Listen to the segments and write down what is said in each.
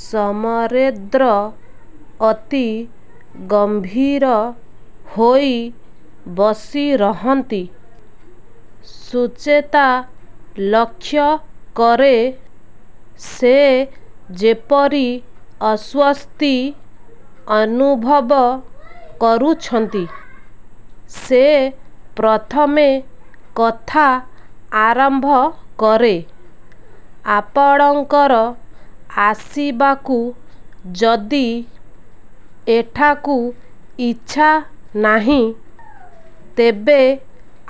ସମରେନ୍ଦ୍ର ଅତି ଗମ୍ଭୀର ହୋଇ ବସିରହନ୍ତି। ସୁଚେତା ଲକ୍ଷ୍ୟ କରେ ସେ ଯେପରି ଅସ୍ୱସ୍ତି ଅନୁଭବ କରୁଛନ୍ତି। ସେ ପ୍ରଥମେ କଥା ଆରମ୍ଭ କରେ ''ଆପଣଙ୍କର ଆସିବାକୁ ଯଦି ଏଠାକୁ ଇଚ୍ଛା ନାହିଁ ତେବେ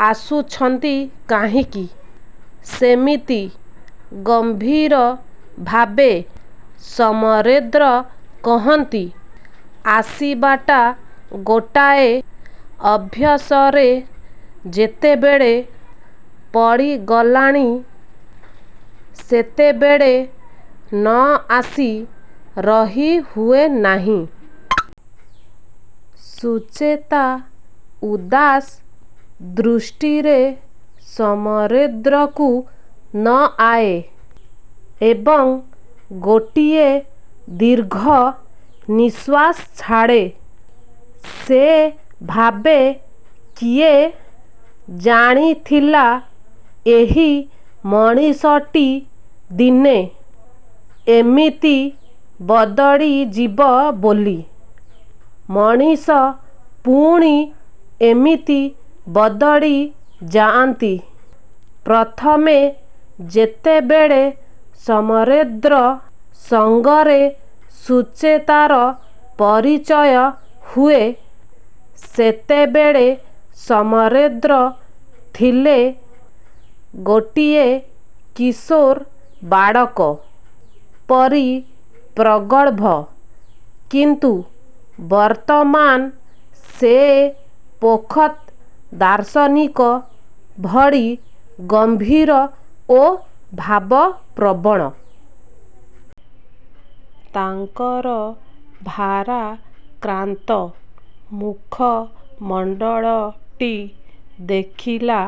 ଆସୁଛନ୍ତି କାହିଁକି? '' ସେମିତି ଗମ୍ଭୀର ଭାବେ ସମରେନ୍ଦ୍ର କହନ୍ତି ''ଆସିବାଟା ଗୋଟାଏ ଅଭ୍ୟାସରେ ଯେତେବେଳେ ପଡ଼ିଗଲାଣି ସେତେବେଳେ ନ ଆସି ରହି ହୁଏ ନାହିଁ। '' ସୁଚେତା ଉଦାସ ଦୃଷ୍ଟିରେ ସମରେନ୍ଦ୍ରକୁ ଅନାଏ; ଏବଂ ଗୋଟିଏ ଦୀର୍ଘ ନିଶ୍ୱାସ ଛାଡ଼େ। ସେ ଭାବେ କିଏ ଜାଣିଥିଲା ଏହି ମଣିଷଟି ଦିନେ ଏମିତି ବଦଳିଯିବ ବୋଲି। ମଣିଷ ପୁଣି ଏମିତି ବଦଳି ଯାଆନ୍ତି? ପ୍ରଥମେ ଯେତେବେଳେ ସମରେନ୍ଦ୍ର ସଙ୍ଗରେ ସୁଚେତାର ପରିଚୟ ହୁଏ ସେତେବେଳେ ସମରେନ୍ଦ୍ର ଥିଲେ ଗୋଟିଏ କିଶୋର ବାଳକ ପରି ପ୍ରଗଳ୍ଭ କିନ୍ତୁ ବର୍ତ୍ତମାନ ସେ ପୋଖତ୍ ଦାର୍ଶନିକ ଭଳି ଗମ୍ଭୀର ଓ ଭାବପ୍ରବଣ। ତାଙ୍କର ଭାରାକ୍ରାନ୍ତ ମୁଖମଣ୍ଡଳଟି ଦେଖିଲା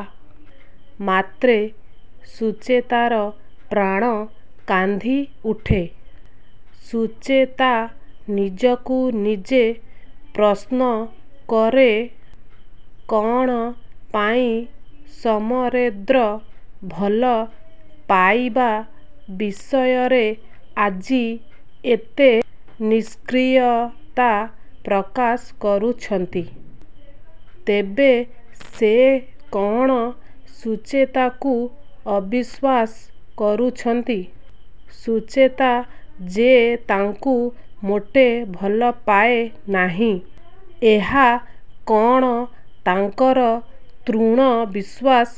ମାତ୍ରେ ସୁଚେତାର ପ୍ରାଣ କାନ୍ଦିଉଠେ। ସୁଚେତା ନିଜକୁ ନିଜେ ପ୍ରଶ୍ନ କରେ କ'ଣ ପାଇଁ ସମରେନ୍ଦ୍ର ଭଲ ପାଇବା ବିଷୟରେ ଆଜି ଏତେ ନିଷ୍କ୍ରିୟତା ପ୍ରକାଶ କରୁଛନ୍ତି? ତେବେ ସେ କ'ଣ ସୁଚେତାକୁ ଅବିଶ୍ୱାସ କରୁଛନ୍ତି? ସୁଚେତା ଯେ ତାଙ୍କୁ ମୋଟେ ଭଲପାଏ ନାହିଁ, ଏହା କ'ଣ ତାଙ୍କର ଦୃଢ଼ ବିଶ୍ୱାସ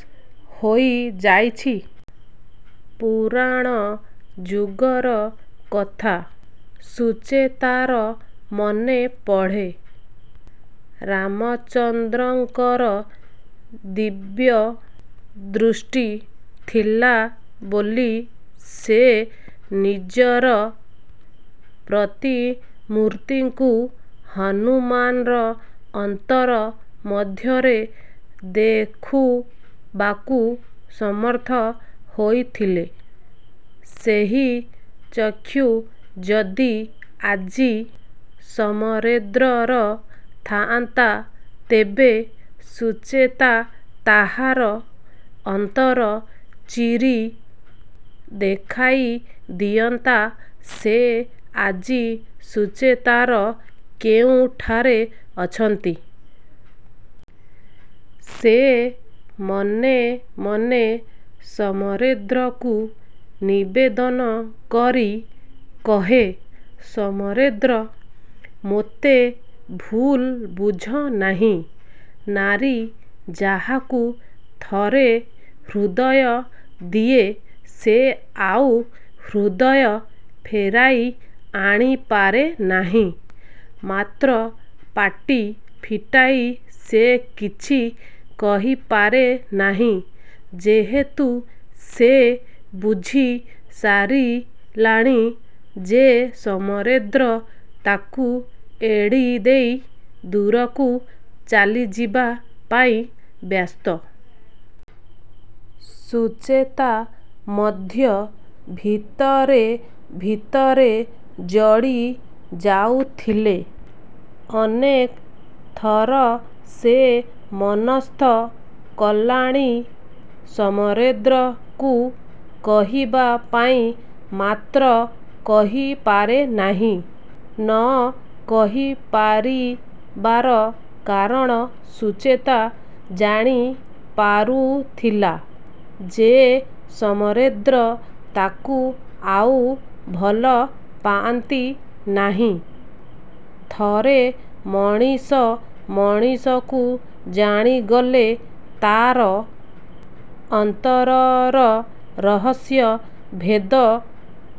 ହୋଇଯାଇଛି। ପୁରାଣ ଯୁଗର କଥା ସୁଚେତାର ମନେପଡ଼େ। ରାମଚନ୍ଦ୍ରଙ୍କର ଦିବ୍ୟ ଦୃଷ୍ଟି ଥିଲାବୋଲି ସେ ନିଜର ପ୍ରତିମୂର୍ତ୍ତିକୁ ହନୁମାନର ଅନ୍ତର ମଧ୍ୟରେ ଦେଖୁବାକୁ ସମର୍ଥ ହୋଇଥିଲେ। ସେହି ଚକ୍ଷୁ ଯଦି ଆଜି ସମରେନ୍ଦ୍ରର ଥାଆନ୍ତା ତେବେ ସୁଚେତା ତାହାର ଅନ୍ତର ଚିରି ଦେଖାଇ ଦିଅନ୍ତା ସେ ଆଜି ସୁଚେତାର କେଉଁଠାରେ ଅଛନ୍ତି। ସେ ମନେମନେ ସମରେନ୍ଦ୍ରକୁ ନିବେଦନ କରି କହେ ସମରେନ୍ଦ୍ର! ମୋତେ ଭୁଲ ବୁଝନାହିଁ। ନାରୀ ଯାହାକୁ ଥରେ ହୃଦୟ ଦିଏ ସେ ଆଉ ହୃଦୟ ଫେରାଇ ଆଣିପାରେ ନାହିଁ। ମାତ୍ର ପାଟି ଫିଟାଇ ସେ କିଛି କହିପାରେ ନାହିଁ, ଯେହେତୁ ସେ ବୁଝିସାରିଲାଣି ଯେ ସମରେନ୍ଦ୍ର ତାକୁ ଏଡ଼ିଦେଇ ଦୂରକୁ ଚାଲିଯିବା ପାଇଁ ବ୍ୟସ୍ତ। ସୁଚେତା ମଧ୍ୟ ଭିତରେ ଭିତରେ ଜଳି ଯାଉଥିଲେ। ଅନେକ ଥର ସେ ମନସ୍ଥ କଲାଣି ସମରେନ୍ଦ୍ରକୁ କହିବା ପାଇଁ ମାତ୍ର କହିପାରେ ନାହିଁ। ନ କହିପାରିବାର କାରଣ ସୁଚେତା ଜାଣି ପାରୁଥିଲା ଯେ ସମରେନ୍ଦ୍ର ତାକୁ ଆଉ ଭଲ ପାଆନ୍ତି ନାହିଁ। ଥରେ ମଣିଷ ମଣିଷକୁ ଜାଣିଗଲେ, ତା'ର ଅନ୍ତରର ରହସ୍ୟ ଭେଦ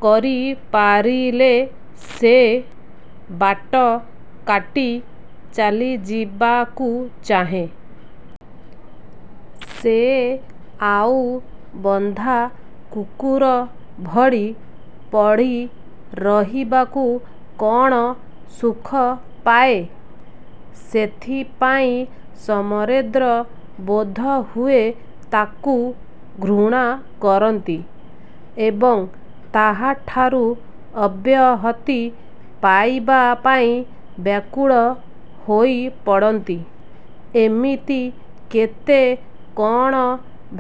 କରିପାରିଲେ ସେ ବାଟକାଟି ଚାଲିଯିବାକୁ ଚାହେଁ। ସେ ଆଉ ବନ୍ଧା କୁକୁର ଭଳି ପଡ଼ିରହିବାକୁ କ'ଣ ସୁଖପାଏ? ସେଥିପାଇଁ ସମରେନ୍ଦ୍ର ବୋଧହୁଏ ତାକୁ ଘୃଣା କରନ୍ତି ଏବଂ ତାହାଠାରୁ ଅବ୍ୟାହତି ପାଇବା ପାଇଁ ବ୍ୟାକୁଳ ହୋଇପଡ଼ନ୍ତି। ଏମିତି କେତେ କ'ଣ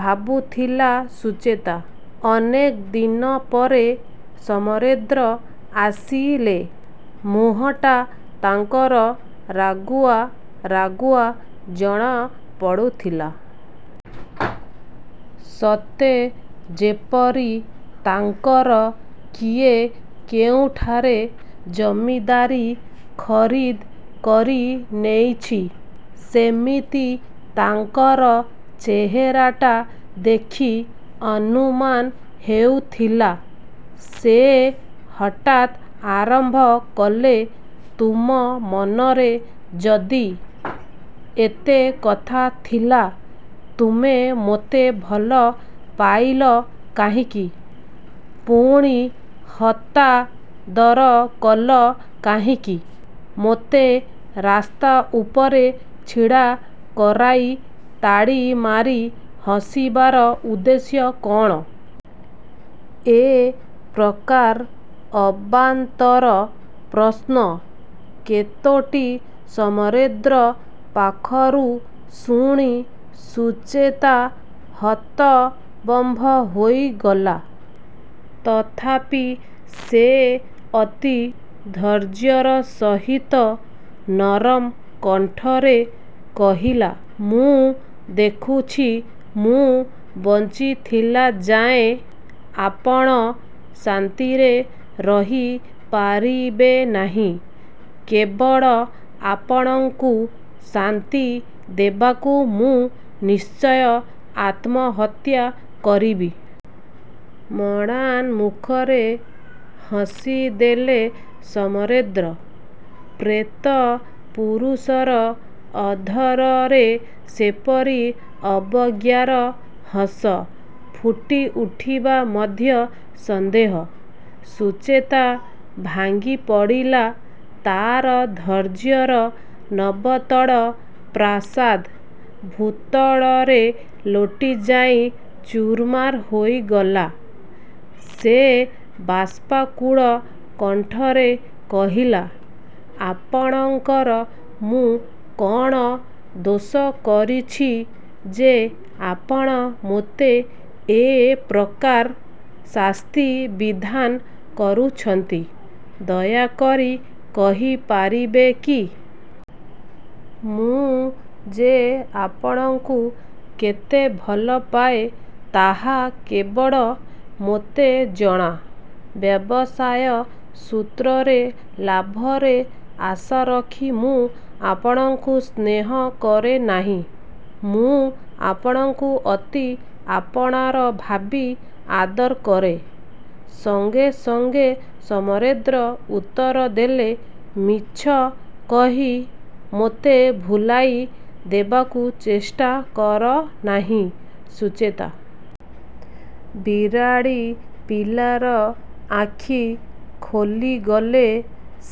ଭାବୁଥିଲା ସୁଚେତା। ଅନେକ ଦିନପରେ ସମରେନ୍ଦ୍ର ଆସିଲେ। ମୁହଁଟା ତାଙ୍କର ରାଗୁଆ ରାଗୁଆ ଜଣାପଡ଼ୁଥିଲା। ସତେଯେପରି ତାଙ୍କର କିଏ କେଉଁଠାରେ ଜମିଦାରୀ ଖରିଦ୍ କରିନେଇଛି, ସେମିତି ତାଙ୍କର ଚେହେରାଟା ଦେଖି ଅନୁମାନ ହେଉଥିଲା। ସେ ହଠାତ୍ ଆରମ୍ଭ କଲେ ''ତୁମ ମନରେ ଯଦି ଏତେକଥା ଥିଲା ତୁମେ ମୋତେ ଭଲ ପାଇଲ କାହିଁକି? ପୁଣି ହତାଦର କଲ କାହିଁକି? ମୋତେ ରାସ୍ତା ଉପରେ ଛିଡ଼ା କରାଇ ତାଳିମାରି ହସିବାର ଉଦ୍ଦେଶ୍ୟ କ'ଣ? '' ଏ ପ୍ରକାର ଅବାନ୍ତର ପ୍ରଶ୍ନ କେତୋଟି ସମରେନ୍ଦ୍ର ପାଖରୁ ଶୁଣି ସୁଚେତା ହତବମ୍ୱ ହୋଇଗଲା। ତଥାପି ସେ ଅତି ଧୈର୍ଯ୍ୟର ସହିତ ନରମ କଣ୍ଠରେ କହିଲା ''ମୁଁ ଦେଖୁଛି ମୁଁ ବଞ୍ଚିଥିଲା ଯାଏ ଆପଣ ଶାନ୍ତିରେ ରହିପାରିବେ ନାହିଁ। କେବଳ ଆପଣଙ୍କୁ ଶାନ୍ତି ଦେବାକୁ ମୁଁ ନିଶ୍ଚୟ ଆତ୍ମହତ୍ୟା କରିବି। '' ମ୍ଳାନ ମୁଖରେ ହସିଦେଲେ ସମରେନ୍ଦ୍ର। ପ୍ରେତ ପୁରୁଷର ଅଧରରେ ସେପରି ଅବଜ୍ଞାର ହସ ଫୁଟିଉଠିବା ମଧ୍ୟ ସନ୍ଦେହ। ସୁଚେତା ଭାଙ୍ଗିପଡ଼ିଲା। ତା'ର ଧୈର୍ଯ୍ୟର ନବତଳ ପ୍ରାସାଦ ଭୂତଳରେ ଲୋଟିଯାଇ ଚୂରମାର ହୋଇଗଲା। ସେ ବାଷ୍ପାକୁଳ କଣ୍ଠରେ କହିଲା ''ଆପଣଙ୍କର ମୁଁ କ'ଣ ଦୋଷ କରିଛି ଯେ ଆପଣ ମୋତେ ଏ ପ୍ରକାର ଶାସ୍ତି ବିଧାନ କରୁଛନ୍ତି, ଦୟାକରି କହି ପାରିବେ କି? ମୁଁ ଯେ ଆପଣଙ୍କୁ କେତେ ଭଲପାଏ ତାହା କେବଳ ମୋତେ ଜଣା। ବ୍ୟବସାୟ ସୂତ୍ରରେ ଲାଭରେ ଆଶାରଖି ମୁଁ ଆପଣଙ୍କୁ ସ୍ନେହ କରେନାହିଁ, ମୁଁ ଆପଣଙ୍କୁ ଅତି ଆପଣାର ଭାବି ଆଦର କରେ। '' ସଙ୍ଗେ ସଙ୍ଗେ ସମରେନ୍ଦ୍ର ଉତ୍ତରଦେଲେ ''ମିଛ କହି ମୋତେ ଭୁଲାଇ ଦେବାକୁ ଚେଷ୍ଟା କରନାହିଁ ସୁଚେତା। ବିରାଡ଼ି ପିଲାର ଆଖି ଖୋଲିଗଲେ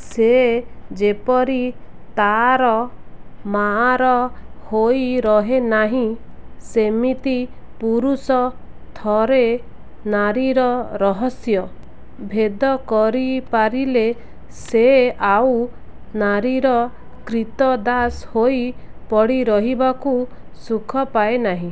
ସେ ଯେପରି ତା'ର ମାଆର ହୋଇ ରହେନାହିଁ ସେମିତି ପୁରୁଷ ଥରେ ନାରୀର ରହସ୍ୟ ଭେଦ କରିପାରିଲେ ସେ ଆଉ ନାରୀର କ୍ରୀତଦାସ ହୋଇ ପଡ଼ିରହିବାକୁ ସୁଖ ପାଏ ନାହିଁ।